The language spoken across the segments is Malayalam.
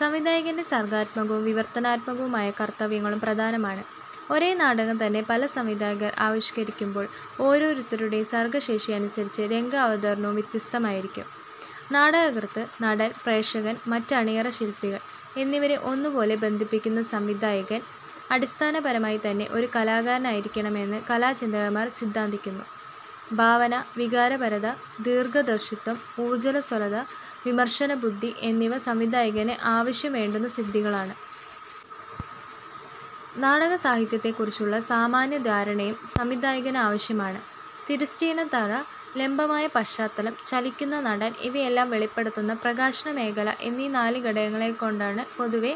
സംവിധായകൻ്റെ സർഗാത്മകവും വിവർത്തനാത്മകവുമായ കർത്തവ്യങ്ങളും പ്രധാനമാണ്. ഒരേ നാടകം തന്നെ പല സംവിധാകർ ആവിഷ്കരിക്കുമ്പോൾ ഓരോരുത്തരുടെയും സർഗശേഷി അനുസരിച്ച് രംഗാവതരണവും വ്യത്യസ്തമായിരിക്കും. നാടകകൃത്ത്, നടൻ, പ്രേക്ഷകൻ, മറ്റ് അണിയറ ശില്പികൾ എന്നിവരെ ഒന്നുപോലെ ബന്ധിപ്പിക്കുന്ന സംവിധായകൻ അടിസ്ഥാനപരമായിത്തന്നെ ഒരു കലാകാരനായിരിക്കണമെന്ന് കലാചിന്തകന്മാർ സിദ്ധാന്തിക്കുന്നു. ഭാവന, വികാരപരത, ദീർഘദർശിത്വം, ഊർജസ്വലത, വിമർശനബുദ്ധി എന്നിവ സംവിധായകന് അവശ്യംവേണ്ടുന്ന സിദ്ധികളാണ്. നാടകസാഹിത്യത്തെക്കുറിച്ചുള്ള സാമാന്യധാരണയും സംവിധായകന് ആവശ്യമാണ്. തിരശ്ചീനമായ തറ, ലംബമായ പശ്ചാത്തലം, ചലിക്കുന്ന നടൻ ഇവയെല്ലാം വെളിപ്പെടുന്ന പ്രകാശനമേഖല എന്നീ നാല് ഘടകങ്ങളെക്കൊണ്ടാണ് പൊതുവേ,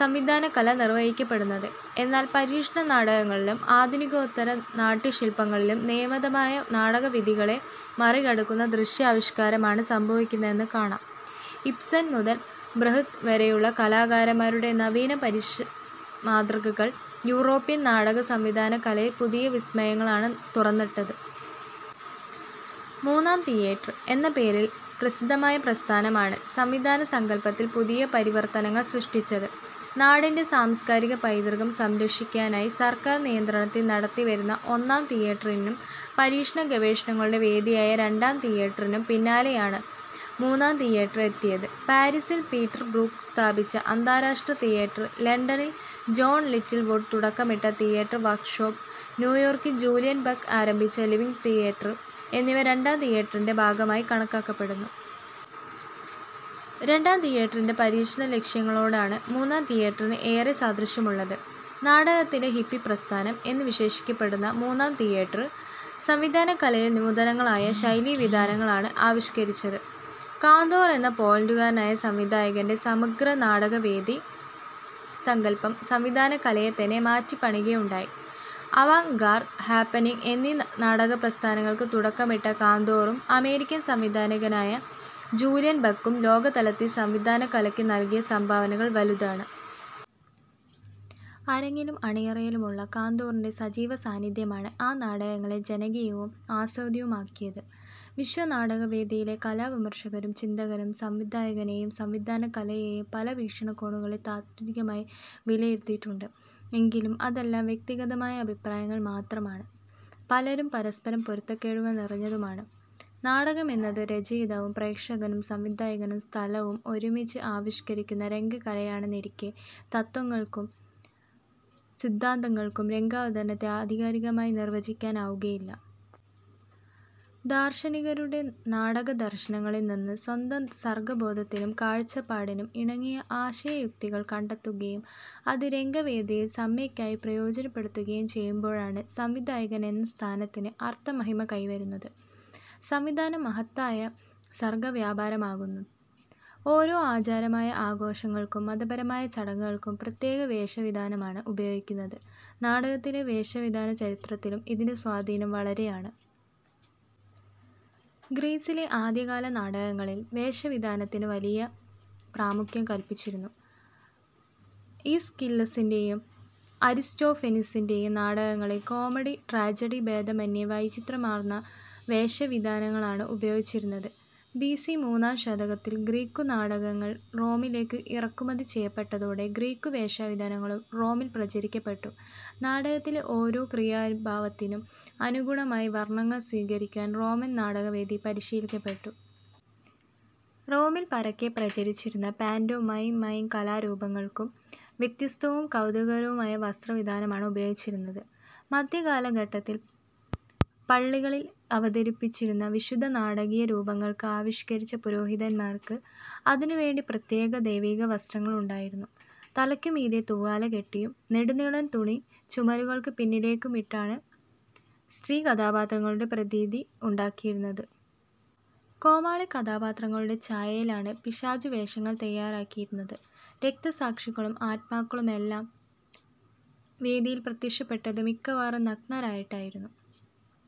സംവിധാനകല നിർവഹിക്കപ്പെടുന്നത്. എന്നാൽ പരീക്ഷണ നാടകങ്ങളിലും ആധുനികോത്തര നാട്യശില്പങ്ങളിലും നിയതമായ നാടകവിധികളെ മറികടക്കുന്ന ദൃശ്യാവിഷ്കാരമാണ് സംഭവിക്കുന്നതെന്ന് കാണാം. ഇബ്സൻ മുതൽ ബ്രഹ്ത് വരെയുള്ള കലാകാരന്മാരുടെ നവീന പരീക്ഷണ മാതൃകകൾ യൂറോപ്യൻ നാടക സംവിധാനകലയിൽ പുതിയ വിസ്മയങ്ങളാണ് തുറന്നിട്ടത്. 'മൂന്നാം തിയേറ്റർ' എന്ന പേരിൽ പ്രസിദ്ധമായ പ്രസ്ഥാനമാണ് സംവിധാനസങ്കല്പത്തിൽ പുതിയ പരിവർത്തനങ്ങൾ സൃഷ്ടിച്ചത്. നാടിൻ്റെ സംസ്കാരിക പൈതൃകം സംരക്ഷിക്കാനായി സർക്കാർ നിയന്ത്രണത്തിൽ നടത്തിവരുന്ന 'ഒന്നാം തിയേറ്ററി'നും പരീക്ഷണഗവേഷണങ്ങളുടെ വേദിയായ 'രണ്ടാം തിയേറ്ററി'നും പിന്നാലെയാണ് 'മൂന്നാം തിയേറർ' എത്തിയത്. പാരിസിൽ പീറ്റർബ്രൂക്ക് സ്ഥാപിച്ച അന്താരാഷ്ട്ര തിയേറ്റർ, ലണ്ടനിൽ ജോൺ ലിറ്റിൽവുഡ് തുടക്കമിട്ട തിയേറ്റർ വർക്ക്ഷോപ്പ്, ന്യൂയോർക്കിൽ ജൂലിയൻ ബക്ക് ആരംഭിച്ച 'ലിവിങ് തിയേറ്റർ' എന്നിവ 'രണ്ടാം തിയേറ്ററി'ൻ്റെ ഭാഗമായി കണക്കാക്കപ്പെടുന്നു. രണ്ടാം തിയേറ്ററിൻ്റെ പരീക്ഷണ ലക്ഷ്യങ്ങളോടാണ് മൂന്നാം തിയേറ്ററിന് ഏറെ സാദൃശ്യമുള്ളത്. 'നാടകത്തിലെ ഹിപ്പി പ്രസ്ഥാനം' എന്ന് വിശേഷിപ്പിക്കപ്പെടുന്ന മൂന്നാം തിയേറ്റർ, സംവിധാനകലയിൽ നൂതനങ്ങളായ ശൈലീവിതാനങ്ങളാണ് ആവിഷ്കരിച്ചത്. കാന്തോർ എന്ന പോളണ്ടുകാരനായ സംവിധായകൻ്റെ 'സമഗ്രനാടകവേദി' സങ്കല്പം സംവിധാനകലയെത്തന്നെ മാറ്റിപ്പണിയുകയുണ്ടായി. അവാങ്ഗാർദ്, ഹാപ്പെനിങ് എന്നീ നാടകപ്രസ്ഥാനങ്ങൾക്ക് തുടക്കമിട്ട കാന്തോറും അമേരിക്കൻ സംവിധായകനായ ജൂലിയൻ ബക്കും ലോകതലത്തിൽ സംവിധാനകലയ്ക്ക് നൽകിയ സംഭാവനകൾ വലുതാണ്. അരങ്ങിലും അണിയറയിലുമുള്ള കാന്തോറിൻ്റെ സജീവസാന്നിധ്യമാണ് ആ നാടകങ്ങളെ ജനകീയവും ആസ്വാദ്യവുമാക്കിയത്. വിശ്വനാടകവേദിയിലെ കലാവിമർശകരും ചിന്തകരും സംവിധായകനെയും സംവിധാനകലയെയും പല വീക്ഷണകോണുകളിൽ താത്ത്വികമായി വിലയിരുത്തിയിട്ടുണ്ട്. എങ്കിലും അതെല്ലാം വ്യക്തിഗതമായ അഭിപ്രായങ്ങൾ മാത്രമാണ്. പലതും പരസ്പരം പൊരുത്തക്കേടുകൾ നിറഞ്ഞതുമാണ്. നാടകമെന്നത് രചയിതാവും പ്രേക്ഷകനും സംവിധായകനും സ്ഥലവും ഒരുമിച്ച് ആവിഷ്കരിക്കുന്ന രംഗകലയാണെന്നിരിക്കെ, തത്ത്വങ്ങൾക്കും സിദ്ധാന്തങ്ങൾക്കും രംഗാവതരണത്തെ ആധികാരികമായി നിർവചിക്കാനാവുകയില്ല. ദാർശനികരുടെ നാടകദർശനങ്ങളിൽ നിന്ന് സ്വന്തം സർഗബോധത്തിനും കാഴ്ചപ്പാടിനും ഇണങ്ങിയ ആശയയുക്തികൾ കണ്ടെത്തുകയും അത് രംഗവേദിയിൽ സമ്യക്കായി പ്രയോജനപ്പെടുത്തുകയും ചെയ്യുമ്പോഴാണ് സംവിധായകൻ എന്ന സ്ഥാനത്തിന് അർഥമഹിമ കൈവരുന്നത്; സംവിധാനം മഹത്തായ സർഗവ്യാപാരമാകുന്നത്. ഓരോ ആചാരപരമായ ആഘോഷങ്ങൾക്കും മതപരമായ ചടങ്ങുകൾക്കും പ്രത്യേക വേഷവിധാനമാണ് ഉപയോഗിക്കുന്നത്. നാടകത്തിലെ വേഷവിധാന ചരിത്രത്തിലും ഇതിൻ്റെ സ്വാധീനം വളരെയാണ്. ഗ്രീസിലെ ആദ്യകാല നാടകങ്ങളിൽ, വേഷവിധാനത്തിന് വലിയ പ്രാമുഖ്യം കൽപ്പിച്ചിരുന്നു. ഈസ്കില്ലസിൻ്റെയും അരിസ്റ്റോഫെനീസിൻ്റെയും നാടകങ്ങളിൽ കോമഡി-ട്രാജഡി ഭേദമെന്യേ വൈചിത്ര്യമാർന്ന വേഷ വിധാനങ്ങളാണ് ഉപയോഗിച്ചിരുന്നത്. ബിസി മൂന്നാം ശതകത്തിൽ ഗ്രീക്കു നാടകങ്ങൾ റോമിലേക്ക് ഇറക്കുമതി ചെയ്യപ്പെട്ടതോടെ ഗ്രീക്കുവേഷവിധാനങ്ങളും റോമിൽ പ്രചരിക്കപ്പെട്ടു. നാടകത്തിലെ ഓരോ ക്രിയാഭാവത്തിനും അനുഗുണമായി വർണങ്ങൾ സ്വീകരിക്കുവാൻ റോമൻ നാടകവേദി പരിശീലിക്കപ്പെട്ടു. റോമിൽ പരക്കെ പ്രചരിച്ചിരുന്ന പാന്റോ മൈം, മൈം കലാരൂപങ്ങൾക്കും, വ്യത്യസ്തവും കൗതുകകരവുമായ വസ്ത്രവിധാനമാണ് ഉപയോഗിച്ചിരുന്നത്. മധ്യകാലഘട്ടത്തിൽ പള്ളികളിൽ അവതരിപ്പിച്ചിരുന്ന വിശുദ്ധ നാടകീയ രൂപങ്ങൾ ആവിഷ്കരിച്ച പുരോഹിതന്മാർക്ക്, അതിനുവേണ്ടി പ്രത്യേക ദൈവിക വസ്ത്രങ്ങളുണ്ടായിരുന്നു. തലയ്ക്കു മീതെ തൂവാല കെട്ടിയും നെടുനീളൻ തുണി ചുമലുകൾക്ക് പിന്നിലേക്കിട്ടുമാണ് സ്ത്രീ കഥാപാത്രങ്ങളുടെ പ്രതീതി ഉണ്ടാക്കിയിരുന്നത്. കോമാളി കഥാപാത്രങ്ങളുടെ ഛായയിലാണ് പിശാചുവേഷങ്ങൾ തയ്യാറാക്കിയിരുന്നത്. രക്തസാക്ഷികളും ആത്മാക്കളുമെല്ലാം വേദിയിൽ പ്രത്യക്ഷപ്പെട്ടത് മിക്കവാറും നഗ്നരായിട്ടായിരുന്നു.